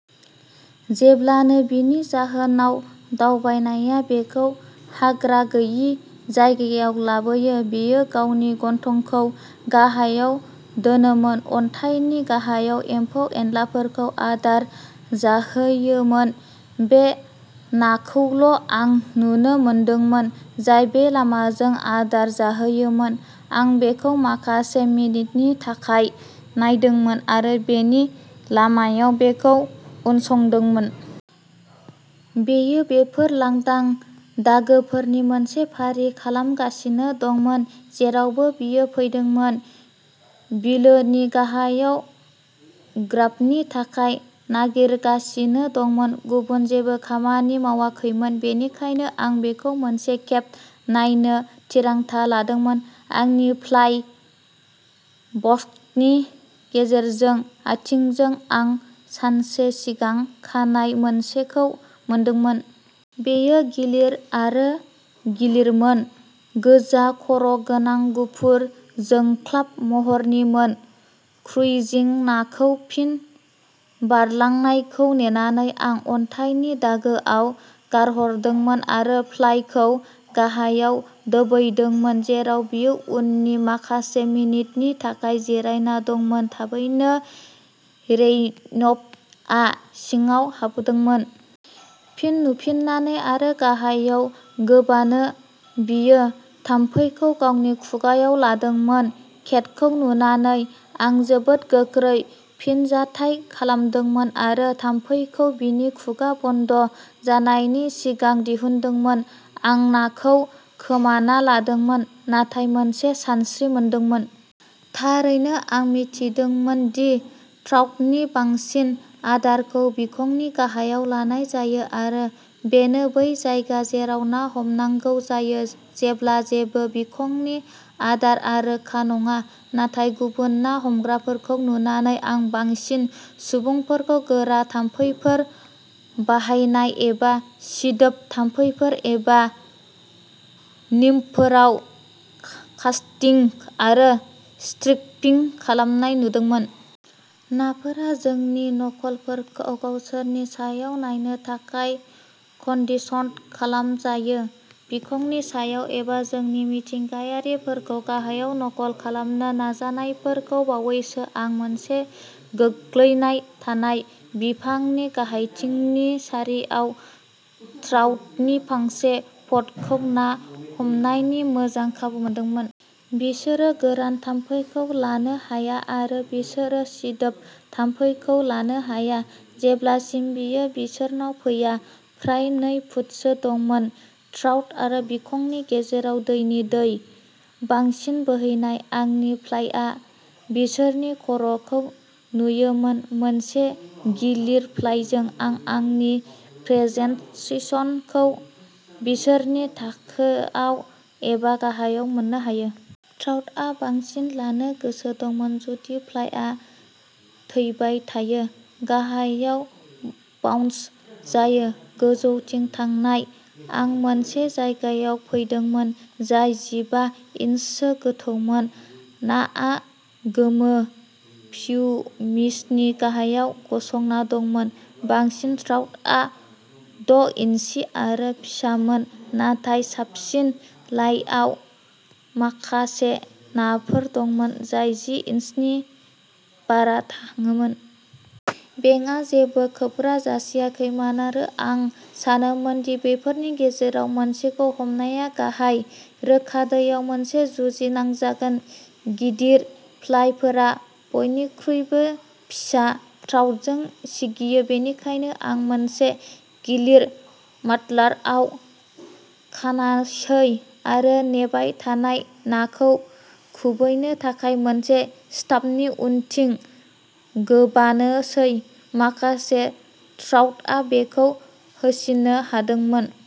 जेब्लानो बिनि जाहोनाव दावबायनाया बेखौ हाग्रा गैयि जायगायाव लाबोयो, बेयो गावनि गन्थंखौ गाहायाव दोनोमोन, अन्थाइनि गाहायाव एम्फौ-एनलाफोरखौ आदार जाहैयोमोन। बे नाखौल' आं नुनो मोनदोंमोन जाय बे लामाजों आदार जाहैयोमोन। आं बेखौ माखासे मिनिटनि थाखाय नायदोंमोन आरो बेनि लामायाव बेखौ उनसंदोंमोन। बेयो बेफोर लांदां दागोफोरनि मोनसे फारि खालामगासिनो दंमोन, जेरावबो बियो फैदोंमोन बिलोनि गाहायाव ग्राबनि थाखाय नागिरगासिनो दंमोन। गुबुन जेबो खामानि मावाखैमोन, बेनिखायनो आं बेखौ मोनसे खेब नायनो थिरांथा लादोंमोन। आंनि फ्लाइ बस्कनि गेजेरजों आयथिंजों, आं सानसे सिगां खानाय मोनसेखौ मोनदोंमोन। बेयो गिलिर आरो गिलिरमोन, गोजा खर'गोनां गुफुर जोंख्लाब महरनिमोन। क्रुइजिं नाखौ फिन बारलांनायखौ नेनानै, आं अन्थाइनि दागोआव गारहरदोंमोन आरो फ्लाइखौ गाहायाव दोबैदोंमोन जेराव बेयो उननि माखासे मिनिटनि थाखाय जिरायना दंमोन। थाबैनो, रैयनब'आ सिङाव हाबदोंमोन। फिन नुफिननानै आरो गाहायाव गोबानो, बेयो थाम्फैखौ गावनि खुगाआव लादोंमोन। केटखौ नुनानै, आं जोबोद गोख्रै फिनजाथाय खालामदोंमोन आरो थाम्फैखौ बिनि खुगा बन्द जानायनि सिगां दिहुनदोंमोन। आं नाखौ खोमाना लादोंमोन नाथाय मोनसे सानस्रि मोनदोंमोन। थारैनो, आं मिथिदोंमोन दि ट्राउटनि बांसिन आदारखौ बिखंनि गाहायाव लानाय जायो आरो बेनो बै जायगा जेराव ना हमनांगौ जायो जेब्ला जेबो बिखंनि आदारआ रोखा नङा। नाथाय गुबुन ना हमग्राफोरखौ नुनानै, आं बांसिन सुबुंफोरखौ गोरा थाम्फैफोर बाहायनाय एबा सिदोब थाम्फैफोर एबा निम्फफोराव कास्टिं आरो स्ट्रिपिं खालामनाय नुदोंमोन। नाफोरा जोंनि नकलफोरखौ गावसोरनि सायाव नायनो थाखाय कन्डिशन्ड खालामजायो, बिखंनि सायाव एबा जोंनि मिथिंगायारिफोरखौ गाहायाव नकल खालामनो नाजानायफोरखौ बावैसो आं मोनसे गोग्लैनाय थानाय बिफांनि गाहायथिंनि सारियाव ट्राउटनि फांसे फ'डखौ ना हमनायनि मोजां खाबु मोनदोंमोन। बिसोरो गोरान थाम्फैखौ लानो हाया आरो बिसोरो सिदोब थाम्फैखौ लानो हाया जेब्लासिम बेयो बिसोरनाव फैया। फ्राय नै फुटसो दंमोन। ट्राउट आरो बिखंनि गेजेराव दैनि दै। बांसिन बोहैनाय, आंनि फ्लाइआ बिसोरनि खर'खौ नुयोमोन। मोनसे गिलिर फ्लाइजों आं आंनि प्रेजेन्टसेसनखौ बिसोरनि थाखोआव एबा गाहायाव मोन्नो हायोमोन। ट्राउटआ बांसिन लानो गोसो दंमोन जुदि फ्लाइआ थैबाय थायो, गाहायाव बाउन्स जायो। गोजौथिं थांनाय, आं मोनसे जायगायाव फैदोंमोन जाय जिबा इन्ससो गोथौमोन। नाआ गोमो पियुमिसनि गाहायाव गसंना दंमोन। बांसिन ट्राउटआ द' इन्सि आरो फिसामोन, नाथाय साबसिन लाइआव माखासे नाफोर दंमोन जाय जि इन्सिनि बारा थाङोमोन। बेंकआ जेबो खोबग्रा जासियाखैमोन आरो आं सानोमोन दि बेफोरनि गेजेराव मोनसेखौ हमनाया गाहाय, रोखा दैयाव मोनसे जुजिनां जागोन। गिदिर फ्लाइफोरा बयनिख्रुइबो फिसा ट्राउटजों सिगियो, बेनिखायनो आं मोनसे गिलिर माड्लारआव खानासै आरो नेबाय थानाय नाखौ खुबैनो थाखाय मोनसे स्टाम्पनि उनथिं गोबानोसै। माखासे ट्राउटआ बेखौ होसिननो हादोंमोन।